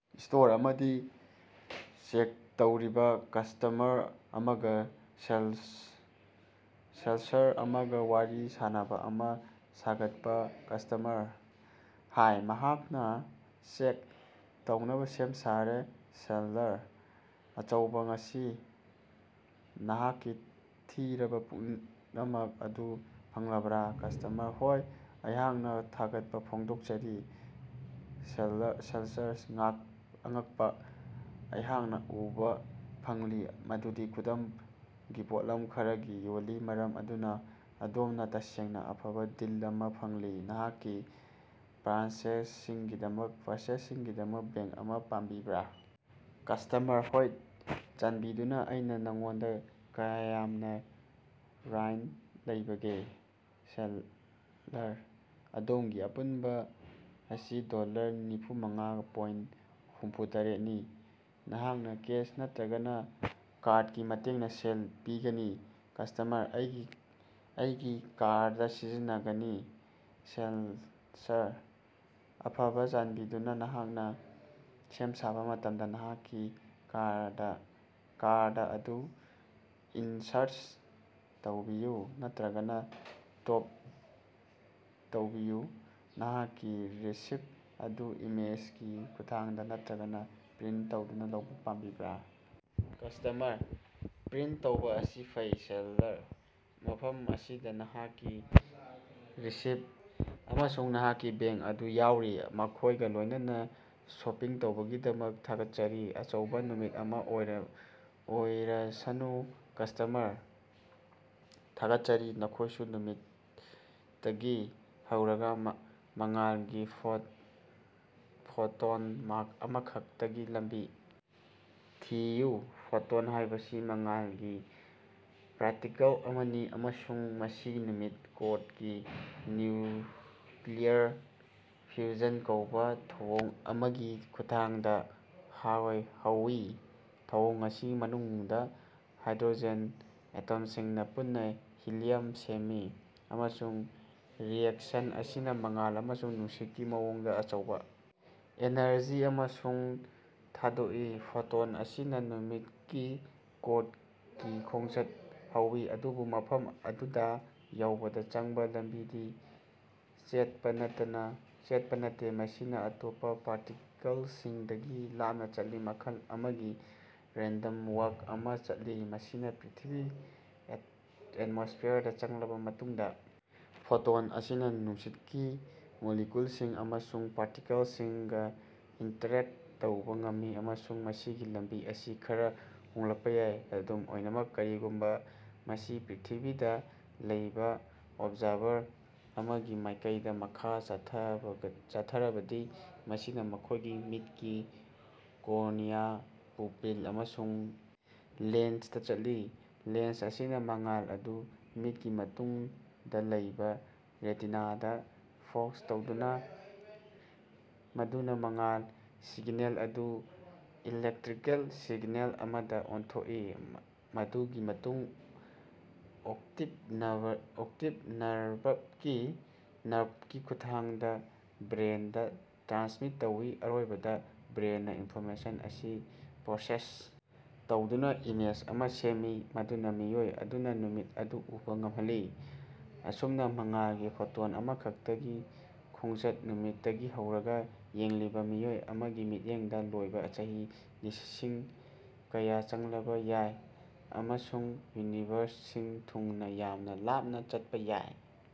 Store ꯑꯃꯗꯒꯤ check ꯇꯧꯔꯤꯕ customer ꯑꯃꯒꯥ ꯁꯦꯜꯁꯔꯁ ꯑꯃꯒ ꯋꯥꯔꯤ ꯁꯥꯅꯕ ꯑꯃꯥ ꯁꯦꯝꯒꯠꯄꯥ꯫ ꯀꯁ꯭ꯇꯃꯔ: ꯍꯥꯏ, ꯑꯩꯍꯥꯛ ꯆꯦꯛ ꯇꯧꯅꯕꯥ ꯁꯦꯝ ꯁꯥꯔꯦ꯫ ꯁꯦꯜꯁꯔꯁ: ꯑꯆꯧꯕꯥ! ꯉꯁꯤ ꯅꯍꯥꯛꯅ ꯊꯤꯔꯤꯕ ꯄꯨꯝꯅꯃꯛ ꯑꯗꯨ ꯐꯪꯂꯕ꯭ꯔꯥ? ꯀꯁ꯭ꯇꯃꯔ: ꯍꯣꯏ, ꯑꯩꯍꯥꯛꯅ ꯊꯥꯒꯠꯄ ꯐꯣꯡꯗꯣꯛꯆꯔꯤ꯫ ꯁꯦꯂꯁꯔꯁ: ꯑꯉꯛꯄꯥ꯫ ꯑꯩꯍꯥꯛꯅ ꯎꯕꯥ ꯐꯪꯂꯤ ꯃꯗꯨꯗꯤ ꯑꯗꯣꯝꯒꯤ ꯄꯣꯠꯂꯝ ꯈꯔꯗꯤ ꯌꯣꯜꯂꯤ, ꯃꯔꯝ ꯑꯗꯨꯅ ꯑꯗꯣꯝꯅꯥ ꯇꯁꯦꯡꯅ ꯑꯐꯕꯥ ꯗꯤꯜ ꯑꯃꯥ ꯐꯪꯂꯤ꯫ ꯅꯍꯥꯛꯀꯤ ꯄꯔꯆꯦꯖꯁꯤꯡꯒꯤꯗꯃꯛ ꯕꯦꯒ ꯑꯃꯥ ꯄꯥꯝꯕꯤꯕ꯭ꯔꯥ? ꯀꯁ꯭ꯇꯃꯔ: ꯍꯣꯏ, ꯆꯥꯟꯕꯤꯗꯨꯅ꯫ ꯑꯩꯅ ꯅꯉꯣꯟꯗ ꯀꯌꯥ ꯌꯥꯝꯅ ꯔ꯭ꯏꯟ ꯂꯩꯕꯒꯦ? ꯁꯦꯂꯁꯔꯁ: ꯑꯗꯣꯝꯒꯤ ꯑꯄꯨꯟꯕ ꯑꯁꯤ ꯗꯣꯂꯔ ꯅꯤꯐꯨꯃꯉꯥꯒ ꯄ‌ꯣꯏꯟ ꯍꯨꯝꯐꯨꯇꯔ‌ꯦꯠꯅꯤ꯫ ꯅꯍꯥꯛꯅꯥ ꯀꯦꯁ ꯅꯠꯇꯔꯒ ꯀꯥꯔꯗꯀꯤ ꯃꯇꯦꯡꯅ ꯁꯦꯜ ꯄꯤꯒꯅꯤ? ꯀꯁ꯭ꯇꯃꯔ: ꯑꯩꯒꯤ ꯀꯥꯔꯗ ꯁꯤꯖꯤꯟꯅꯒꯅꯤ꯫ ꯁꯦꯜꯁꯔꯁ: ꯑꯐꯕ, ꯆꯥꯟꯕꯤꯗꯨꯅ ꯅꯍꯥꯛꯅ ꯁꯦꯝ ꯁꯥꯕ ꯃꯇꯝꯗ ꯅꯍꯥꯛꯀꯤ ꯀꯥꯔꯗ ꯑꯗꯨ ꯏꯟꯁꯥꯔꯠ ꯇꯧꯕꯤꯌꯨ ꯅꯠꯇꯔꯒꯥ ꯇꯦꯞ ꯇꯧꯕꯤꯌꯨ꯫ ꯅꯍꯥꯛꯀꯤ ꯔꯤꯁꯤꯞꯠ ꯑꯗꯨ ꯏꯃꯦꯏꯜꯒꯤ ꯈꯨꯠꯊꯥꯡꯗ ꯅꯠꯇꯔꯒ ꯄ꯭ꯔꯤꯟꯠ ꯇꯧꯗꯨꯅ ꯂꯧꯕꯥ ꯄꯥꯝꯕꯤꯕ꯭ꯔꯥ? ꯀꯁ꯭ꯇꯃꯔ: ꯄ꯭ꯔꯤꯟꯇ ꯇꯧꯕꯥ ꯑꯁꯤ ꯐꯩ꯫ ꯁꯦꯜꯁꯔꯁ: ꯃꯐꯝ ꯑꯁꯤꯗ ꯅꯍꯥꯛꯀꯤ ꯔꯤꯁꯤꯞꯠ ꯑꯃꯁꯨꯡ ꯅꯍꯥꯛꯀꯤ ꯕꯦꯒ ꯑꯗꯨ ꯌꯥꯎꯔꯤ꯫ ꯑꯩꯈꯣꯏꯒ ꯂꯣꯏꯅꯅꯥ ꯁꯣꯄꯤꯡ ꯇꯧꯕꯤꯕꯒꯤꯗꯃꯛ ꯊꯥꯒꯠꯆꯔꯤ, ꯑꯆꯧꯕꯥ ꯅꯨꯃꯤꯠ ꯑꯃꯥ ꯑꯣꯏꯔꯁꯅꯨ! ꯀꯁ꯭ꯇꯃꯔ: ꯊꯥꯒꯠꯆꯔꯤ, ꯅꯈꯣꯏꯁꯨ! ꯅꯨꯃꯤꯠꯇꯒꯤ ꯍꯧꯔꯒ ꯃꯉꯥꯜꯒꯤ ꯐꯣꯇꯣꯟ ꯑꯃꯈꯛꯇꯒꯤ ꯂꯝꯕꯤ ꯊꯤꯌꯨ꯫ ꯐꯣꯇꯣꯟ ꯍꯥꯏꯕꯁꯤ ꯃꯉꯥꯜꯒꯤ ꯄꯥꯔꯇꯤꯀꯜ ꯑꯃꯅꯤ, ꯑꯃꯁꯨꯡ ꯃꯁꯤ ꯅꯨꯃꯤꯠꯀꯤ ꯀꯣꯔꯗꯒꯤ ꯅ꯭ꯌꯨꯀꯂꯤꯌꯔ ꯐ꯭ꯌꯨꯖꯟ ꯀꯧꯕꯥ ꯊꯧꯑꯣꯡ ꯑꯃꯒꯤ ꯈꯨꯠꯊꯥꯡꯗ ꯍꯧꯏ꯫ ꯊꯧꯑꯣꯡ ꯑꯁꯤꯒꯤ ꯃꯅꯨꯡꯗ ꯍꯥꯏꯗ꯭ꯔꯣꯖꯦꯟ ꯑꯦꯇꯣꯝꯁꯤꯡꯅꯥ ꯄꯨꯟꯅꯥ ꯍꯤꯂꯤꯌꯝ ꯁꯦꯝꯃꯤ, ꯑꯃꯁꯨꯡ ꯔꯤꯑꯦꯛꯁꯟ ꯑꯁꯤꯅꯥ ꯃꯉꯥꯜ ꯑꯃꯁꯨꯡ ꯅꯨꯡꯁꯤꯠꯀꯤ ꯃꯑꯣꯡꯗ ꯑꯆꯧꯕꯥ ꯑꯦꯅꯔꯖꯤ ꯑꯃꯥ ꯊꯥꯗꯣꯛꯏ꯫ ꯐꯣꯇꯣꯟ ꯑꯁꯤꯅꯥ ꯅꯨꯃꯤꯠꯀꯤ ꯀꯣꯔꯗꯒꯤ ꯈꯣꯡꯆꯠ ꯍꯧꯏ, ꯑꯗꯨꯕꯨ ꯃꯐꯝ ꯑꯗꯨꯗꯥ ꯌꯧꯕꯗ ꯆꯪꯕ ꯂꯝꯕꯤꯗꯤ ꯆꯦꯠꯄꯥ ꯅꯠꯇꯦ꯫ ꯃꯁꯤꯅꯥ ꯑꯇꯣꯞꯄ ꯄꯥꯔꯇꯤꯀꯜꯁꯤꯡꯗꯒꯤ ꯂꯥꯞꯅ ꯆꯠꯂꯤ, ꯃꯈꯜ ꯑꯃꯒꯤ ꯔꯦꯟꯗꯝ ꯋꯥꯛ꯭ꯔ ꯑꯃꯥ ꯆꯠꯂꯤ꯫ ꯃꯁꯤꯅ ꯄ꯭ꯔꯤꯊꯤꯕꯤꯒꯤ ꯑꯦꯇꯃꯣꯁ꯭ꯐꯤꯌꯔꯗꯥ ꯆꯪꯂꯕ ꯃꯇꯨꯡꯗ ꯐꯣꯇꯣꯟ ꯑꯁꯤꯅ ꯅꯨꯡꯁꯤꯠꯀꯤ ꯃꯣꯂꯤꯀꯌꯨꯜꯁꯤꯡ ꯑꯃꯁꯨꯡ ꯄꯥꯔꯇꯤꯀꯜꯁꯤꯡꯒ ꯏꯟꯇꯔꯦꯛꯇ ꯇꯧꯕ ꯉꯝꯃꯤ, ꯑꯃꯁꯨꯡ ꯃꯁꯤꯒꯤ ꯂꯝꯕꯤ ꯑꯁꯤ ꯈꯔꯥ ꯍꯣꯡꯂꯛꯄꯥ ꯌꯥꯏ꯫ ꯑꯗꯨꯝ ꯑꯣꯏꯅꯃꯛ, ꯀꯔꯤꯒꯨꯝꯕ ꯃꯁꯤ ꯄ꯭ꯔꯤꯊꯤꯕꯤꯗ ꯂꯩꯕ ꯑꯣꯕꯖꯥꯔꯚꯔ ꯑꯃꯒꯤ ꯃꯥꯏꯀꯩꯗꯥ ꯃꯈꯥ ꯆꯠꯊꯔꯕꯗꯤ, ꯃꯁꯤꯅꯥ ꯃꯈꯣꯏꯒꯤ ꯃꯤꯠꯀꯤ ꯀꯣꯔꯅꯤꯌꯥ, ꯄꯨꯄꯤꯜ ꯑꯃꯁꯨꯡ ꯂꯦꯟꯁꯇꯥ ꯆꯠꯂꯤ꯫ ꯂꯦꯟꯁ ꯑꯁꯤꯅꯥ ꯃꯉꯥꯜ ꯑꯗꯨ ꯃꯤꯠꯀꯤ ꯃꯇꯨꯡꯗ ꯂꯩꯕ ꯔꯦꯇꯤꯅꯥꯗꯥ ꯐꯣꯀꯁ ꯇꯧꯏ, ꯃꯗꯨꯅ ꯃꯉꯥꯜꯒꯤ ꯁꯤꯒꯅꯦꯜ ꯑꯗꯨ ꯏꯂꯦꯛꯇꯔꯤꯀꯦꯜ ꯁꯤꯒꯅꯦꯜ ꯑꯃꯗ ꯑꯣꯟꯊꯣꯛꯏ, ꯃꯗꯨꯒꯤ ꯃꯇꯨꯡꯗ ꯑꯣꯞꯇꯤꯛ ꯅꯔꯚꯀꯤ ꯈꯨꯠꯊꯥꯡꯗ ꯕ꯭ꯔ‌ꯦꯟꯗꯥ ꯇ꯭ꯔꯥꯟꯁꯃꯤꯠ ꯇꯧꯏ꯫ ꯑꯔꯣꯏꯕꯗ, ꯕ꯭ꯔꯦꯟꯅꯥ ꯏꯟꯐꯣꯔꯃꯦꯁꯟ ꯑꯁꯤ ꯄ꯭ꯔꯣꯁꯦꯁ ꯇꯧꯗꯨꯅ ꯏꯃꯦꯖ ꯑꯃꯥ ꯁꯦꯝꯃꯤ, ꯃꯗꯨꯅ ꯃꯤꯑꯣꯏ ꯑꯗꯨꯅꯥ ꯅꯨꯃꯤꯠ ꯑꯗꯨ ꯎꯕ ꯉꯝꯍꯜꯂꯤ꯫ ꯑꯁꯨꯝꯅ, ꯃꯉꯥꯜꯒꯤ ꯐꯣꯇꯣꯟ ꯑꯃꯈꯛꯇꯒꯤ ꯈꯣꯡꯆꯠ, ꯅꯨꯃꯤꯠꯇꯒꯤ ꯍꯧꯔꯒꯥ, ꯌꯦꯡꯂꯤꯕꯥ ꯃꯤꯑꯣꯏ ꯑꯃꯒꯤ ꯃꯤꯠꯌꯦꯡꯗ ꯂꯣꯏꯕꯥ, ꯆꯍꯤ ꯂꯤꯁꯤꯡ ꯀꯌꯥ ꯆꯪꯂꯝꯕ ꯌꯥꯏ ꯑꯃꯁꯨꯡ ꯌꯨꯅꯤꯚꯔꯁ ꯁꯤꯟꯕ ꯊꯨꯡꯅ ꯌꯥꯝꯅ ꯂꯥꯞꯅ ꯆꯠꯄꯥ ꯌꯥꯏ꯫